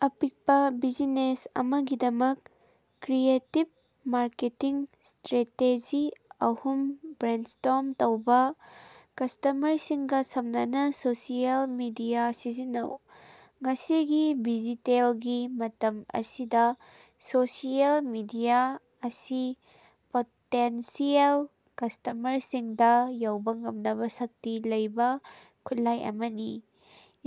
ꯑꯄꯤꯛꯄ ꯕꯤꯖꯤꯅꯦꯁ ꯑꯃꯒꯤꯗꯃꯛ creative marketing strategy ꯑꯍꯨꯝ ꯕ꯭ꯔꯦꯟꯁ꯭ꯇꯣꯔꯝ ꯇꯧꯕ꯫ ꯀꯁꯇꯃꯔꯁꯤꯡꯒ ꯁꯝꯅꯅꯕ ꯁꯣꯁꯤꯑꯦꯜ ꯃꯤꯗꯤꯌꯥ ꯁꯤꯖꯤꯟꯅꯧ: ꯉꯁꯤꯒꯤ ꯗꯤꯖꯤꯇꯦꯜꯒꯤ ꯃꯇꯝ ꯑꯁꯤꯗ ꯁꯣꯁꯤꯌꯦꯜ ꯃꯤꯗꯤꯌꯥ ꯑꯁꯤ ꯄꯣꯇꯦꯟꯁꯤꯌꯦꯜ ꯀꯁ꯭ꯇꯃꯔꯁꯤꯡꯗ ꯌꯧꯕ ꯉꯝꯅꯕ ꯁꯛꯇꯤ ꯂꯩꯕ ꯈꯨꯠꯂꯥꯏ ꯑꯃꯅꯤ꯫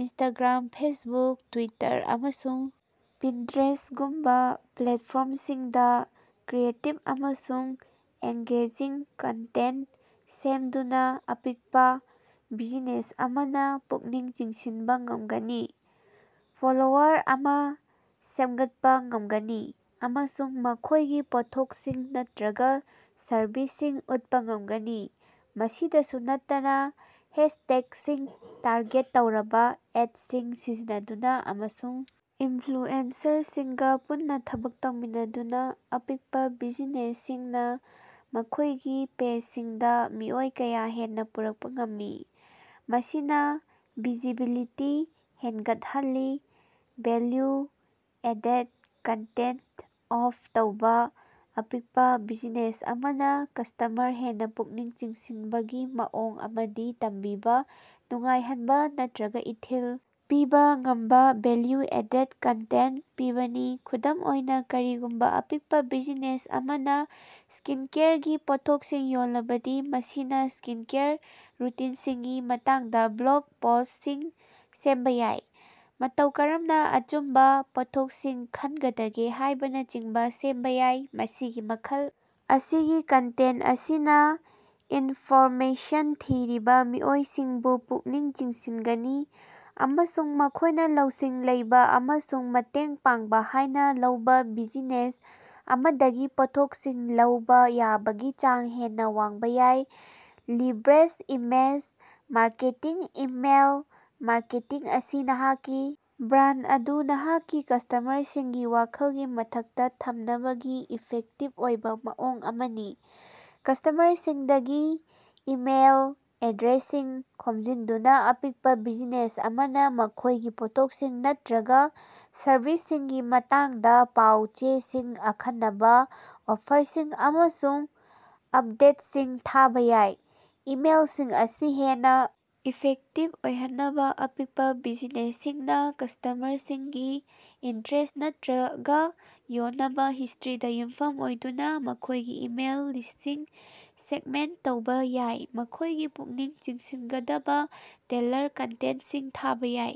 ꯏꯟꯁꯇꯥꯒ꯭ꯔꯥꯝ, ꯐꯦꯁꯕꯨꯛ, ꯇ꯭ꯋꯤꯇꯔ, ꯑꯃꯁꯨꯡ ꯄꯤꯟꯇ꯭ꯔꯦꯁ ꯒꯨꯝꯕ ꯄ꯭ꯂꯦꯠꯐꯣꯔꯝꯁꯤꯡꯗ ꯀ꯭ꯔꯤꯌꯦꯇꯤꯕ ꯑꯃꯁꯨꯡ ꯑꯦꯡꯒꯦꯖꯤꯡ ꯀꯟꯇꯦꯟꯇ ꯁꯦꯝꯗꯨꯅ ꯑꯄꯤꯛꯄ ꯕꯤꯖꯤꯅꯦꯁ ꯑꯃꯅ ꯄꯨꯛꯅꯤꯡ ꯆꯤꯡꯁꯤꯟꯕ ꯉꯝꯒꯅꯤ, ꯐꯣꯂꯣꯋꯔ ꯑꯃ ꯁꯦꯝꯒꯠꯄ ꯉꯝꯒꯅꯤ ꯑꯃꯁꯨꯡ ꯃꯈꯣꯏꯒꯤ ꯄꯣꯠꯊꯣꯛꯁꯤꯡ ꯅꯠꯇ‌꯭ꯔꯒ ꯁꯔꯕꯤꯁꯁꯤꯡ ꯎꯠꯄ ꯉꯝꯒꯅꯤ꯫ ꯃꯁꯤꯗꯁꯨ ꯅꯠꯇꯅ, ꯍꯦꯁꯇꯦꯒꯁꯤꯡ, ꯇꯥꯔꯒꯦꯠ ꯇꯧꯔꯕ ꯑꯦꯗꯁꯤꯡ ꯁꯤꯖꯤꯟꯅꯗꯨꯅ, ꯑꯃꯁꯨꯡ ꯏꯟꯐ꯭ꯂꯨꯑꯦꯟꯁꯔꯁꯤꯡꯒ ꯄꯨꯟꯅ ꯊꯕꯛ ꯇꯧꯃꯤꯟꯅꯗꯨꯅ, ꯑꯄꯤꯛꯄ ꯕꯤꯖꯤꯅꯦꯁꯁꯤꯡꯅ ꯃꯈꯣꯏꯒꯤ ꯄꯦꯖꯁꯤꯡꯗ ꯃꯤꯑꯣꯏ ꯀꯌꯥ ꯍꯦꯟꯅ ꯄꯨꯔꯛꯄ ꯉꯝꯃꯤ, ꯃꯁꯤꯅ ꯚꯤꯖꯤꯕꯤꯂꯤꯇꯤ ꯍꯦꯟꯒꯠꯍꯜꯂꯤ꯫ ꯚꯦꯜꯌꯨ-ꯑꯦꯗꯦꯗ ꯀꯟꯇꯦꯟꯇ ꯑꯣꯐꯔ ꯇꯧꯕ: ꯑꯄꯤꯛꯄ ꯕꯤꯖꯤꯅꯦꯁ ꯑꯃꯅ ꯀꯁ꯭ꯇꯃꯔ ꯍꯦꯟꯅ ꯄꯨꯛꯅꯤꯡ ꯆꯤꯡꯁꯤꯟꯕꯒꯤ ꯃꯑꯣꯡ ꯑꯃꯗꯤ ꯇꯝꯕꯤꯕ, ꯅꯨꯡꯉꯥꯏꯍꯟꯕ ꯅꯠꯇ꯭ꯔꯒ ꯏꯊꯤꯜ ꯄꯤꯕ ꯉꯝꯕ ꯚꯦꯂ꯭ꯌꯨ-ꯑꯦꯗꯦꯗ ꯀꯟꯇꯦꯟꯇ ꯄꯤꯕꯅꯤ꯫ ꯈꯨꯗꯝ ꯑꯣꯏꯅ, ꯀꯔꯤꯒꯨꯝꯕ ꯑꯄꯤꯛꯄ ꯕꯤꯖꯤꯅꯦꯁ ꯑꯃꯅ ꯁ꯭ꯀꯤꯟꯀꯦꯌꯔꯒꯤ ꯄꯣꯠꯊꯣꯛꯁꯤꯡ ꯌꯣꯜꯂꯕꯗꯤ, ꯃꯁꯤꯅ ꯁ꯭ꯀꯤꯟꯀꯦꯌꯔ ꯔꯨꯇꯤꯟꯁꯤꯡꯒꯤ ꯃꯇꯥꯡꯗ ꯕ꯭ꯂꯣꯒ ꯄꯣꯁ꯭ꯇꯁꯤꯡ ꯁꯦꯝꯕ ꯌꯥꯏ, ꯃꯇꯧ ꯀꯔꯝꯅ ꯑꯆꯨꯝꯕ ꯄꯣꯠꯊꯣꯛꯁꯤꯡ ꯈꯟꯒꯗꯒꯦ ꯍꯥꯏꯕꯅ ꯆꯤꯡꯕ ꯁꯦꯝꯕ ꯌꯥꯏ꯫ ꯃꯁꯤꯒꯤ ꯃꯈꯜ ꯑꯁꯤꯒꯤ ꯀꯟꯇꯦꯟꯇ ꯑꯁꯤꯅ ꯏꯟꯐꯣꯔꯃꯦꯁꯟ ꯊꯤꯔꯤꯕ ꯃꯤꯑꯣꯏꯁꯤꯡꯕꯨ ꯄꯨꯛꯅꯤꯡ ꯆꯤꯡꯁꯤꯟꯒꯅꯤ, ꯑꯃꯁꯨꯡ ꯃꯈꯣꯏꯅ ꯂꯧꯁꯤꯡ ꯂꯩꯕ ꯑꯃꯁꯨꯡ ꯃꯇꯦꯡ ꯄꯥꯡꯕ ꯍꯥꯏꯅ ꯂꯧꯕ ꯕꯤꯖꯤꯅꯦꯁ ꯑꯃꯗꯒꯤ ꯄꯣꯠꯊꯣꯛꯁꯤꯡ ꯂꯧꯕ ꯌꯥꯕꯒꯤ ꯆꯥꯡ ꯍꯦꯟꯅ ꯋꯥꯡꯕ ꯌꯥꯏ꯫ Leverage email marketing: email marketing ꯑꯁꯤ ꯅꯍꯥꯛꯀꯤ ꯕ꯭ꯔꯥꯟꯗ ꯑꯗꯨ ꯅꯍꯥꯛꯀꯤ ꯀꯁ꯭ꯇꯃꯔꯁꯤꯡꯒꯤ ꯋꯥꯈꯜꯒꯤ ꯃꯊꯛꯇ ꯊꯝꯅꯕꯒꯤ ꯏꯐꯦꯛꯇꯤꯕ ꯑꯣꯏꯕ ꯃꯑꯣꯡ ꯑꯃꯅꯤ꯫ ꯀꯁ꯭ꯇꯃꯔꯁꯤꯡꯗꯒꯤ ꯏꯃꯦꯏꯜ ꯑꯦꯗ꯭ꯔꯦꯁꯁꯤꯡ ꯈꯣꯝꯖꯤꯟꯗꯨꯅ ꯑꯄꯤꯛꯄ ꯕꯤꯖꯤꯅꯦꯁ ꯑꯃꯅ ꯃꯈꯣꯏꯒꯤ ꯄꯣꯠꯊꯣꯛꯁꯤꯡ ꯅꯠꯇ꯭ꯔꯒ ꯁꯔꯚꯤꯁꯁꯤꯡꯒꯤ ꯃꯇꯥꯡꯗ ꯄꯥꯎ-ꯆꯦꯁꯤꯡ, ꯑꯈꯟꯅꯕ ꯑꯣꯐꯔꯁꯤꯡ, ꯑꯃꯁꯨꯡ ꯑꯞꯗꯦꯠꯁꯤꯡ ꯊꯥꯕ ꯌꯥꯏ꯫ ꯏꯃꯦꯏꯜꯁꯤꯡ ꯑꯁꯤ ꯍꯦꯟꯅ ꯏꯐꯦꯛꯇꯤꯕ ꯑꯣꯏꯍꯟꯅꯕ ꯑꯄꯤꯛꯄ ꯕꯤꯖꯤꯅꯦꯁꯁꯤꯡꯅ ꯀꯁ꯭ꯇꯃꯔꯁꯤꯡꯒꯤ ꯏꯟꯇ꯭ꯔꯦꯁ ꯅꯠꯇ꯭ꯔꯒ ꯌꯣꯟꯅꯕ ꯍꯤꯁꯇ꯭ꯔꯤꯗ ꯌꯨꯝꯐꯝ ꯑꯣꯏꯗꯨꯅ ꯃꯈꯣꯏꯒꯤ ꯏꯃꯦꯜ ꯂꯤꯁꯇꯁꯤꯡ ꯁꯦꯒꯃꯦꯟꯇ ꯇꯧꯕ ꯌꯥꯏ, ꯃꯈꯣꯏꯒꯤ ꯄꯨꯛꯅꯤꯡ ꯆꯤꯡꯁꯤꯟꯒꯗꯕ ꯇꯦꯜꯂꯔ ꯀꯟꯇꯦꯟꯇꯁꯤꯡ ꯊꯥꯕ ꯌꯥꯏ꯫